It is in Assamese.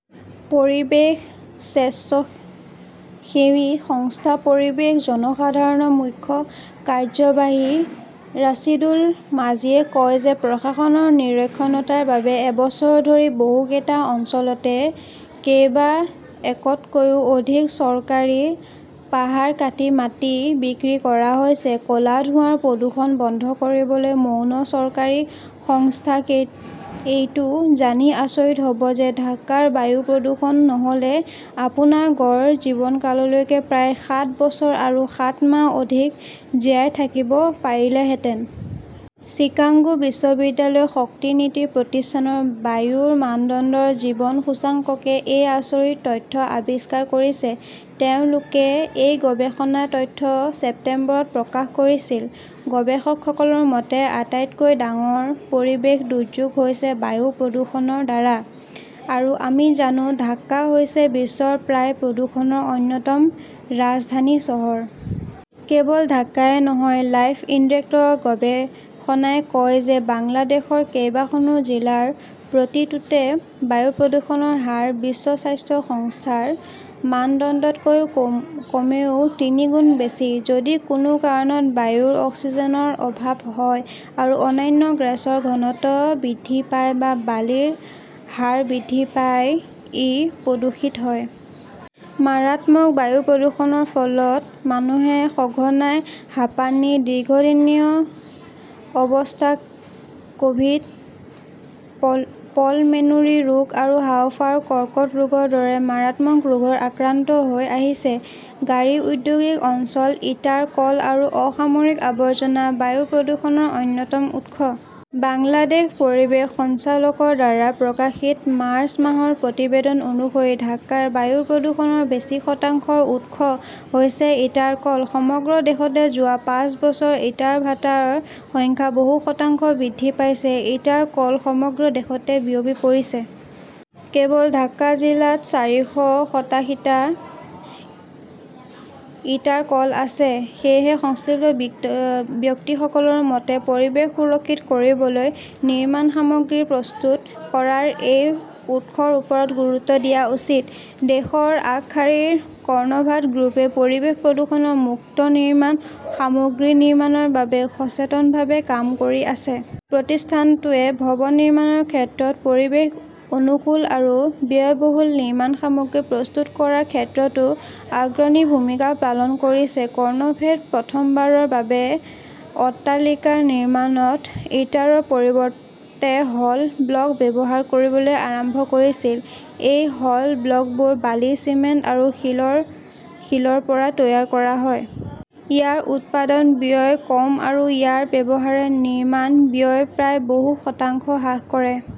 পৰিৱেশ স্বেচ্ছাসেৱী সংস্থা পৰিৱেশ জনসাধাৰণৰ মুখ্য কাৰ্যবাহী ৰছেদুল মাজিদে কয় যে প্ৰশাসনৰ নিৰক্ষৰতাৰ বাবে এবছৰ ধৰি বহুকেইটা অঞ্চলতে কেইবা একৰতকৈও অধিক চৰকাৰী পাহাৰ কাটি মাটি বিক্ৰী কৰা হৈছে। ক'লা ধোঁৱাৰ প্ৰদূষণ বন্ধ কৰিবলৈ মৌন চৰকাৰী সংস্থা এইটো জানি আচৰিত হ'ব যে ঢাকাৰ বায়ু প্ৰদূষণ নহ'লে আপোনাৰ গড় জীৱনকালতকৈ প্ৰায় সাত বছৰ আৰু সাত মাহ অধিক জীয়াই থাকিব পাৰিলেহেঁতেন। চিকাগো বিশ্ববিদ্যালয়ৰ শক্তি নীতি প্ৰতিষ্ঠানৰ বায়ুৰ মানদণ্ডৰ জীৱন সূচকাংকে এই আচৰিত তথ্য আৱিষ্কাৰ কৰিছে। তেওঁলোকে এই গৱেষণা তথ্য ছেপ্টেম্বৰত প্ৰকাশ কৰিছিল। গৱেষকসকলৰ মতে, আটাইতকৈ ডাঙৰ পৰিৱেশ দুৰ্যোগ হৈছে বায়ু প্ৰদূষণৰ দ্বাৰা। আৰু আমি জানো, ঢাকা হৈছে বিশ্বৰ বায়ু প্ৰদূষণৰ অন্যতম ৰাজধানী চহৰ। কেৱল ঢাকাই নহয়, লাইফ ইনডেক্সৰ গৱেষণাই কয় যে বাংলাদেশৰ‌ কেইবাখনো জিলাৰ প্ৰতিটোতে বায়ু প্ৰদূষণৰ হাৰ বিশ্ব স্বাস্থ্য সংস্থাৰ মানদণ্ডতকৈ কমেও তিনিগুণ বেছি। যদি কোনো কাৰণত বায়ুৰ অক্সিজেনৰ অভাৱ হয় আৰু অন্যান্য গেছৰ ঘনত্ব বৃদ্ধি পায় বা বালিৰ হাৰ বৃদ্ধি পায়, ই প্ৰদূষিত হয়। মাৰাত্মক বায়ু প্ৰদূষণৰ ফলত মানুহে সঘনাই হাঁপানি, দীৰ্ঘদিনীয়া অবষ্ট্ৰাকটিভ পালমোনৰী ৰোগ আৰু হাঁওফাঁওৰ কৰ্কট ৰোগৰ দৰে মাৰাত্মক ৰোগত আক্ৰান্ত হৈ আহিছে। গাড়ী, ঔদ্যোগিক অঞ্চল, ইটাৰ কল আৰু অসামৰিক আৱৰ্জনা বায়ু প্ৰদূষণৰ অন্যতম উৎস। বাংলাদেশ পৰিৱেশ সঞ্চালকালয়ৰ দ্বাৰা প্ৰকাশিত মাৰ্চ মাহৰ প্ৰতিবেদন অনুসৰি ঢাকাৰ বায়ু প্ৰদূষণৰ বেছি শতাংশৰ উৎস হৈছে ইটাৰ কল। সমগ্ৰ দেশতে যোৱা পাঁচ বছৰত ইটা ভাণ্ডাৰৰ সংখ্যা বহু শতাংশ বৃদ্ধি পাইছে। ইটাৰ কল সমগ্ৰ দেশতে বিয়পি পৰিছে। কেৱল ঢাকা জিলাত চাৰিশ সাতাশীটা ইটাৰ কল আছে। সেয়েহে, সংশ্লিষ্ট ব্যক্তিসকলৰ মতে, পৰিৱেশ সুৰক্ষিত কৰিবলৈ নিৰ্মাণ সামগ্ৰী প্ৰস্তুত কৰাৰ এই উৎসৰ ওপৰত গুৰুত্ব দিয়া উচিত। দেশৰ আগশাৰীৰ কনকৰ্ড গ্ৰুপে পৰিৱেশ প্ৰদূষণ মুক্ত নিৰ্মাণ সামগ্ৰী নিৰ্মাণৰ বাবে সচেতনভাৱে কাম কৰি আছে। প্ৰতিষ্ঠানটোৱে ভৱন নিৰ্মাণৰ ক্ষেত্ৰত পৰিৱেশ-অনুকূল আৰু ব্যয়বহুল নিৰ্মাণ সামগ্ৰী প্ৰস্তুত কৰাৰ ক্ষেত্ৰতো অগ্ৰণী ভূমিকা পালন কৰিছে। কনকৰ্ডে প্ৰথমবাৰৰ বাবে অট্টালিকা নিৰ্মাণত ইটাৰ পৰিৱৰ্তে হল ব্লক ব্যৱহাৰ কৰিবলৈ আৰম্ভ কৰিছিল। এই হল ব্লকবোৰ বালি, চিমেণ্ট আৰু শিলৰ শিলৰ পৰা তৈয়াৰ কৰা হয়। ইয়াৰ উৎপাদন ব্যয়ও কম আৰু ইয়াৰ ব্যৱহাৰে নিৰ্মাণ ব্যয় প্ৰায় বহু শতাংশ হ্ৰাস কৰে